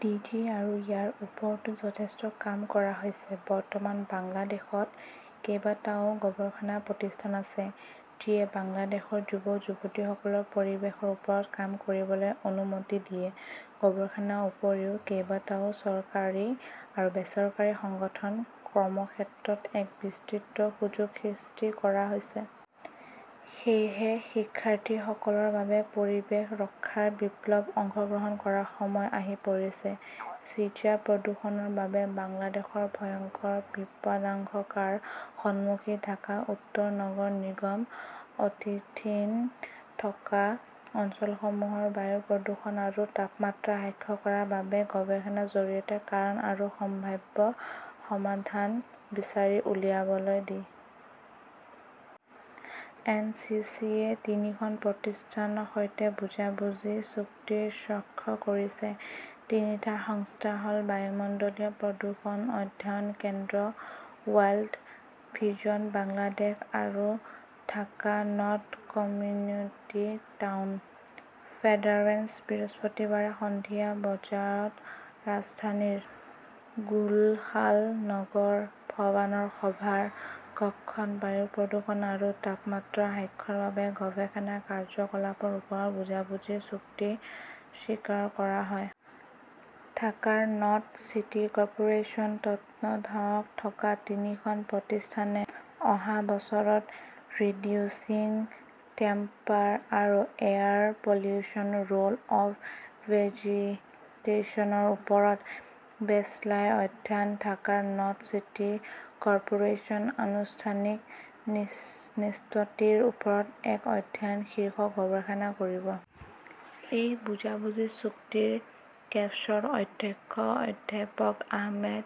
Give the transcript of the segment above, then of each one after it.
D. G. আৰু ইয়াৰ ওপৰতো যথেষ্ট কাম কৰা হৈছে। বৰ্তমান বাংলাদেশত কেইবাটাও গৱেষণা প্ৰতিষ্ঠান আছে, যিয়ে বাংলাদেশত যুৱক-যুৱতীসকলক পৰিৱেশৰ ওপৰত কাম কৰিবলৈ অনুমতি দিয়ে। গৱেষণাৰ উপৰিও, কেইবাটাও চৰকাৰী আৰু বেচৰকাৰী সংগঠনত কৰ্মক্ষেত্ৰৰ এক বিস্তৃত সুযোগ সৃষ্টি কৰা হৈছে। সেয়েহে শিক্ষাৰ্থীসকলৰ বাবে পৰিৱেশ ৰক্ষাৰ বিপ্লৱত অংশগ্ৰহণ কৰাৰ সময় আহি পৰিছে। ছিজা প্ৰদূষণৰ বাবে বাংলাদেশ ভয়ংকৰ বিপদাশংকাৰ সন্মুখীন ঢাকা উত্তৰ নগৰ নিগমৰ অধীনত থকা অঞ্চলসমূহত বায়ু প্ৰদূষণ আৰু তাপমাত্ৰা হ্ৰাস কৰাৰ বাবে গৱেষণাৰ জৰিয়তে কাৰণ আৰু সম্ভাৱ্য সমাধান বিচাৰি উলিয়াবলৈ ডি. এন. চি. চি. -য়ে তিনিখন প্ৰতিষ্ঠানৰ সৈতে বুজাবুজিৰ চুক্তিত স্বাক্ষৰ কৰিছে। তিনিটা সংস্থা হ ‘ল বায়ুমণ্ডলীয় প্ৰদূষণ অধ্যয়ন কেন্দ্ৰ, ৱৰ্ল্ড ভিজন বাংলাদেশ আৰু Dhaka north community town federation. বৃহস্পতিবাৰে সন্ধিয়া বজাত ৰাজধানীৰ গুলশান- নগৰ ভৱনৰ সভা কক্ষত বায়ু প্ৰদূষণ আৰু তাপমাত্ৰা হ্ৰাসৰ বাবে গৱেষণা কাৰ্যকলাপৰ ওপৰত বুজাবুজিৰ চুক্তিত স্বাক্ষৰ কৰা হয়। ঢাকা নৰ্থ চিটি কৰ্পোৰেচনৰ তত্বাৱধানত থকা তিনিখন প্ৰতিষ্ঠানে অহা বছৰত 'ৰিডিউচিং টেম্পাৰ আৰু এয়াৰ পলিউশ্যনৰ ৰোল অৱ ভেজিটেশ্যনৰ ওপৰত বেচলাইন অধ্যয়নঃ ঢাকা নৰ্থ চিটি কৰ্পোৰেচনৰ অনানুষ্ঠানিক নিষ্পত্তিৰ ওপৰত এক অধ্যয়ন "শীৰ্ষক গৱেষণা কৰিব। এই বুজাবুজিৰ চুক্তিত কেপছৰ অধ্যক্ষ অধ্যাপক আহমেদ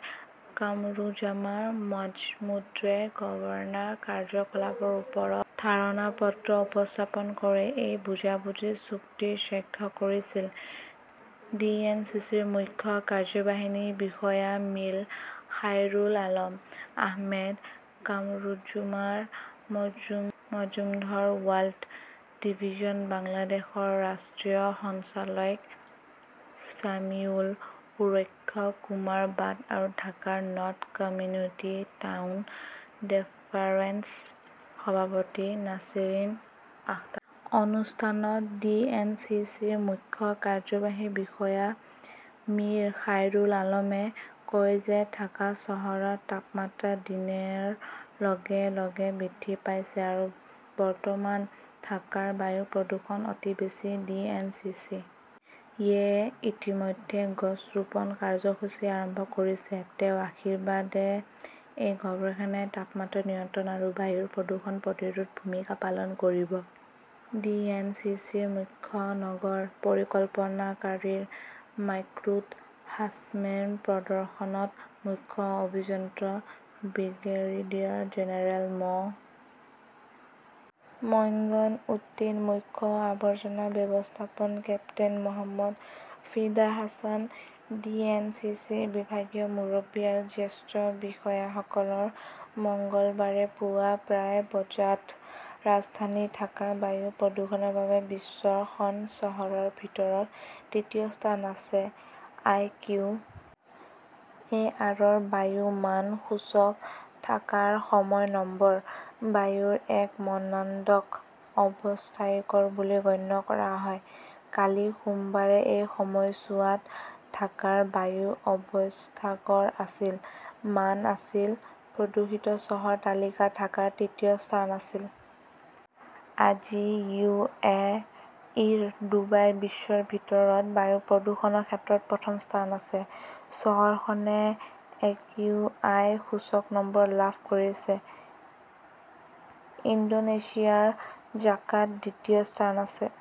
কামৰুজ্জমান মাজমুদ্ৰে গৱেষণা কাৰ্যকলাপৰ ওপৰত ধাৰণা পত্ৰ উপস্থাপন কৰে। এই বুজাবুজি চুক্তিত স্বাক্ষৰ কৰিছিল ডিএনচিচিৰ মুখ্য কাৰ্যবাহী বিষয়া মিৰ খাইৰুল আলম, আহমেদ কামৰুজ্জমান মজুম মাজুমাধুৰ, ৱৰ্ল্ড ভিজন বাংলাদেশৰ ৰাষ্ট্ৰীয় সঞ্চালক ছেমিউল সুৰেশ কুমাৰ বাৰ্ট আৰু ঢাকা নৰ্থ কমিউনিটি টাউন ফেডাৰেচনৰ সভাপতি নাছিৰিন আখতাৰে। অনুষ্ঠানত ডি. এন. চি. চি. -ৰ মুখ্য কাৰ্যবাহী বিষয়া মীৰ খাইৰুল আলমে কয় যে ঢাকা চহৰৰ তাপমাত্ৰা দিনৰ লগে লগে বৃদ্ধি পাইছে আৰু বৰ্তমান ঢাকাৰ বায়ু প্ৰদূষণ অতি বেছি। ডি. এন. চি. চি. -য়ে ইতিমধ্যে গছ ৰোপণ কাৰ্যসূচী আৰম্ভ কৰিছে। তেওঁ আশাবাদী যে এই গৱেষণাই তাপমাত্ৰা নিয়ন্ত্ৰণ আৰু বায়ু প্ৰদূষণ প্ৰতিৰোধত ভূমিকা পালন কৰিব। ডি. এন. চি. চি. -ৰ মুখ্য নগৰ পৰিকল্পনাকাৰী মাক্সুদ হাছেমৰ প্ৰদৰ্শনত মুখ্য অভিযন্তা ব্ৰিগেডিয়াৰ জেনেৰেল মো. মঈন উদ্দিন, মুখ্য আৱৰ্জনা ব্যৱস্থাপনা কেপ্টেইন মহম্মদ ফিদা হাছান, ডিএনচিচিৰ বিভাগীয় মুৰব্বী আৰু জ্যেষ্ঠ বিষয়াসকল। মঙলবাৰে পুৱা প্ৰায় বজাত ৰাজধানী ঢাকা বায়ু প্ৰদূষণৰ বাবে বিশ্বৰ খন চহৰৰ ভিতৰত তৃতীয় স্থানত আছে। আই. কিউ. এ. আৰ.ৰ বায়ু মান সূচকত ঢাকাৰ সময়ৰ নম্বৰ। বায়ুৰ এই মানদণ্ডক 'অস্বাস্থ্যকৰ "বুলি গণ্য কৰা হয়। কালি সোমবাৰে এই সময়ছোৱাত ঢাকাৰ বায়ু অস্বাস্থ্যকৰ আছিল। মান আছিল। প্ৰদূষিত চহৰৰ তালিকাত ঢাকা তৃতীয় স্থানত আছিল। আজি ইউ. এ. ইৰ ডুবাই বিশ্বৰ ভিতৰত বায়ু প্ৰদূষণৰ ক্ষেত্ৰত প্ৰথম স্থানত আছে। চহৰখনে একিউআই সূচকত নম্বৰ লাভ কৰিছে। ইণ্ডোনেছিয়াৰ জাকাৰ্টা দ্বিতীয় স্থানত আছে।